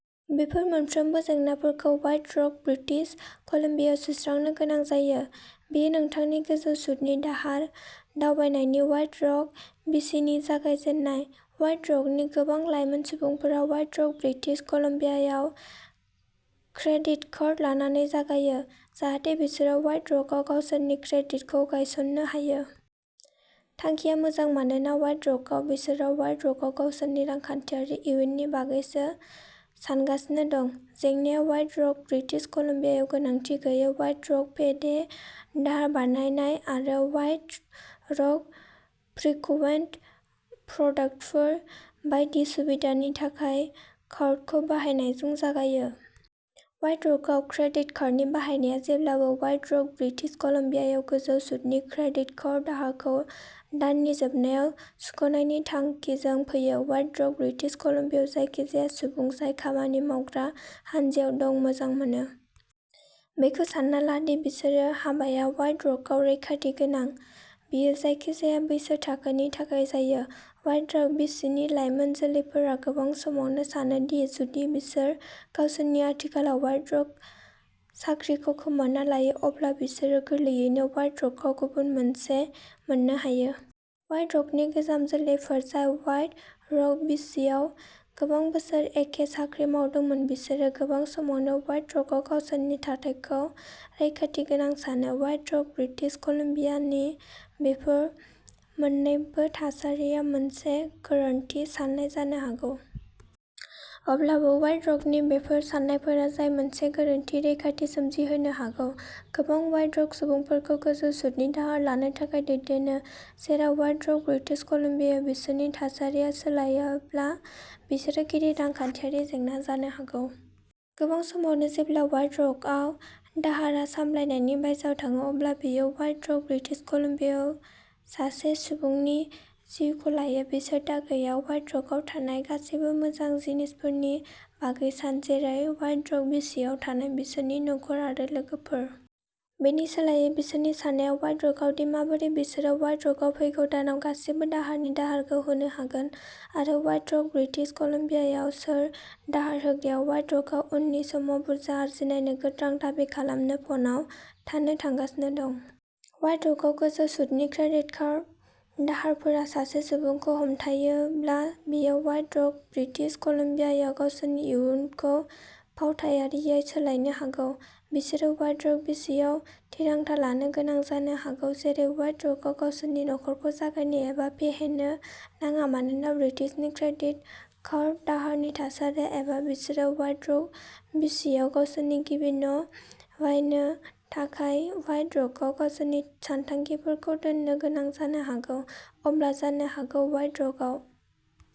बेफोर मोनफ्रोमबो जेंनाफोरखौ व्हाइट रक ब्रिटिश कलम्बियायाव सुस्रांनो गोनां जायो। बेयो नोंथांनि गोजौ सुतनि दाहार दावबायनायनि व्हाइट रक बिसिनि जागायजेन्नाय। व्हाइट रकनि गोबां लाइमोन सुबुंफोरा White Rock British credit card कार्ड लानानै जागायो, जाहाथे बिसोरो व्हाइट रकआव गावसोरनि क्रेडिटखौ गायसननो हायो। थांखिया मोजां मानोना व्हाइट रकआव बिसोरो व्हाइट रकआव गावसोरनि रांखान्थियारि इयुननि बागैसो सानगासिनो दं। जेंनाया व्हाइट रक ब्रिटिश कलम्बियायाव गोनांथि गैयै व्हाइट रक पे डे दाहार बायनाय आरो व्हाइट रक फ्रिकुवेन्ट प्रडाक्टफोर बायदि सुबिदानि थाखाय कार्डखौ बाहायनायजों जागायो। व्हाइट रकआव क्रेडिट कार्डनि बाहायनाया जेब्लाबो व्हाइट रक ब्रिटिश कलम्बियायाव गोजौ सुतनि क्रेडिट कार्ड दाहारखौ दाननि जोबनायाव सुख'नायनि थांखिजों फैयो। व्हाइट रक ब्रिटिश कलम्बियायाव जायखिजाया सुबुं जाय खामानि मावग्रा हान्जायाव दं, मोजां मोनो। बेखौ सानना ला दि बिसोरनि हाबाया व्हाइट रकआव रैखाथि गोनां। बेयो जायखिजाया बैसो थाखोनि थाखाय जायो। व्हाइट रक बिसिनि लाइमोन जोलैफोरा गोबां समावनो सानो दि जुदि बिसोर गावसोरनि आथिखालनि व्हाइट रक साख्रिखौ खोमाना लायो अब्ला बिसोरो गोरलैयैनो व्हाइट रकआव गुबुन मोनसे मोन्नो हायो। व्हाइट रकनि गोजाम जोलैफोर जाय व्हाइट रक बिसिआव गोबां बोसोर एखे साख्रि मावदोंमोन, बिसोरो गोबां समावनो व्हाइट रकआव गावसोरनि थाथायखौ रैखाथि गोनां सानो। व्हाइट रक ब्रिटिश कलम्बियानि बेफोर मोननैबो थासारिया मोनसे गोरोन्थि साननाय जानो हागौ। अब्लाबो, व्हाइट रकनि बेफोर सान्नायफोरा जाय मोनसे गोरोन्थि रैखाथि सोमजिहोनो हागौ, गोबां व्हाइट रक सुबुंफोरखौ गोजौ सुतनि दाहार लानो थाखाय दैदेनो जेराव व्हाइट रक ब्रिटिश कलम्बियायाव बिसोरनि थासारिया सोलायोब्ला बिसोरो गिदिर रांखान्थियारि जेंना जानो हागौ। गोबां समावनो जेब्ला व्हाइट रकआव दाहारआ सामलायनायनि बायजोआव थाङो अब्ला बेयो व्हाइट रक ब्रिटिश कलम्बियायाव सासे सुबुंनि जिउखौ लायो। बिसोर दा गैया। व्हाइट रकआव थानाय गासिबो मोजां जिनिसफोरनि बागै सान, जेरै व्हाइट रक बिसिआव थानाय बिसोरनि नखर आरो लोगोफोर। बेनि सोलायै बिसोरनि साननाया व्हाइट रकआव दि माबोरै बिसोरो व्हाइट रकआव फैगौ दानाव गासिबो दाहारनि दाहारखौ होनो हागोन, आरो व्हाइट रक ब्रिटिश कलम्बियायाव सोर दाहार होग्राया व्हाइट रकआव उननि समाव बुरजा आरजिनाय नोगोद रां दाबि खालामनो फनआव थानो थांगासिनो दं। व्हाइट रकआव गोजौ सुतनि क्रेडिट कार्ड दाहारफोरा सासे सुबुंखौ हमथाहोयोब्ला बेयो व्हाइट रक ब्रिटिश कलम्बियायाव गावसोरनि इयुनखौ फावथायारियै सोलायनो हागौ। बिसोरो व्हाइट रक बिसिआव थिरांथा लानो गोनां जानो हागौ जेरै व्हाइट रकआव गावसोरनि नखरखौ जागायनो एबा फेहेरनो नाङा मानोना बिसोरनि क्रेडिट कार्ड दाहारनि थासारिया एबा बिसोरो व्हाइट रक बिसिआव गावसोरनि गिबि न' बायनो थाखाय व्हाइट रकआव गावसोरनि सानथांखिफोरखौ दोननो गोनां जानो हागौ। अब्ला जानो हागौ व्हाइट रकआव।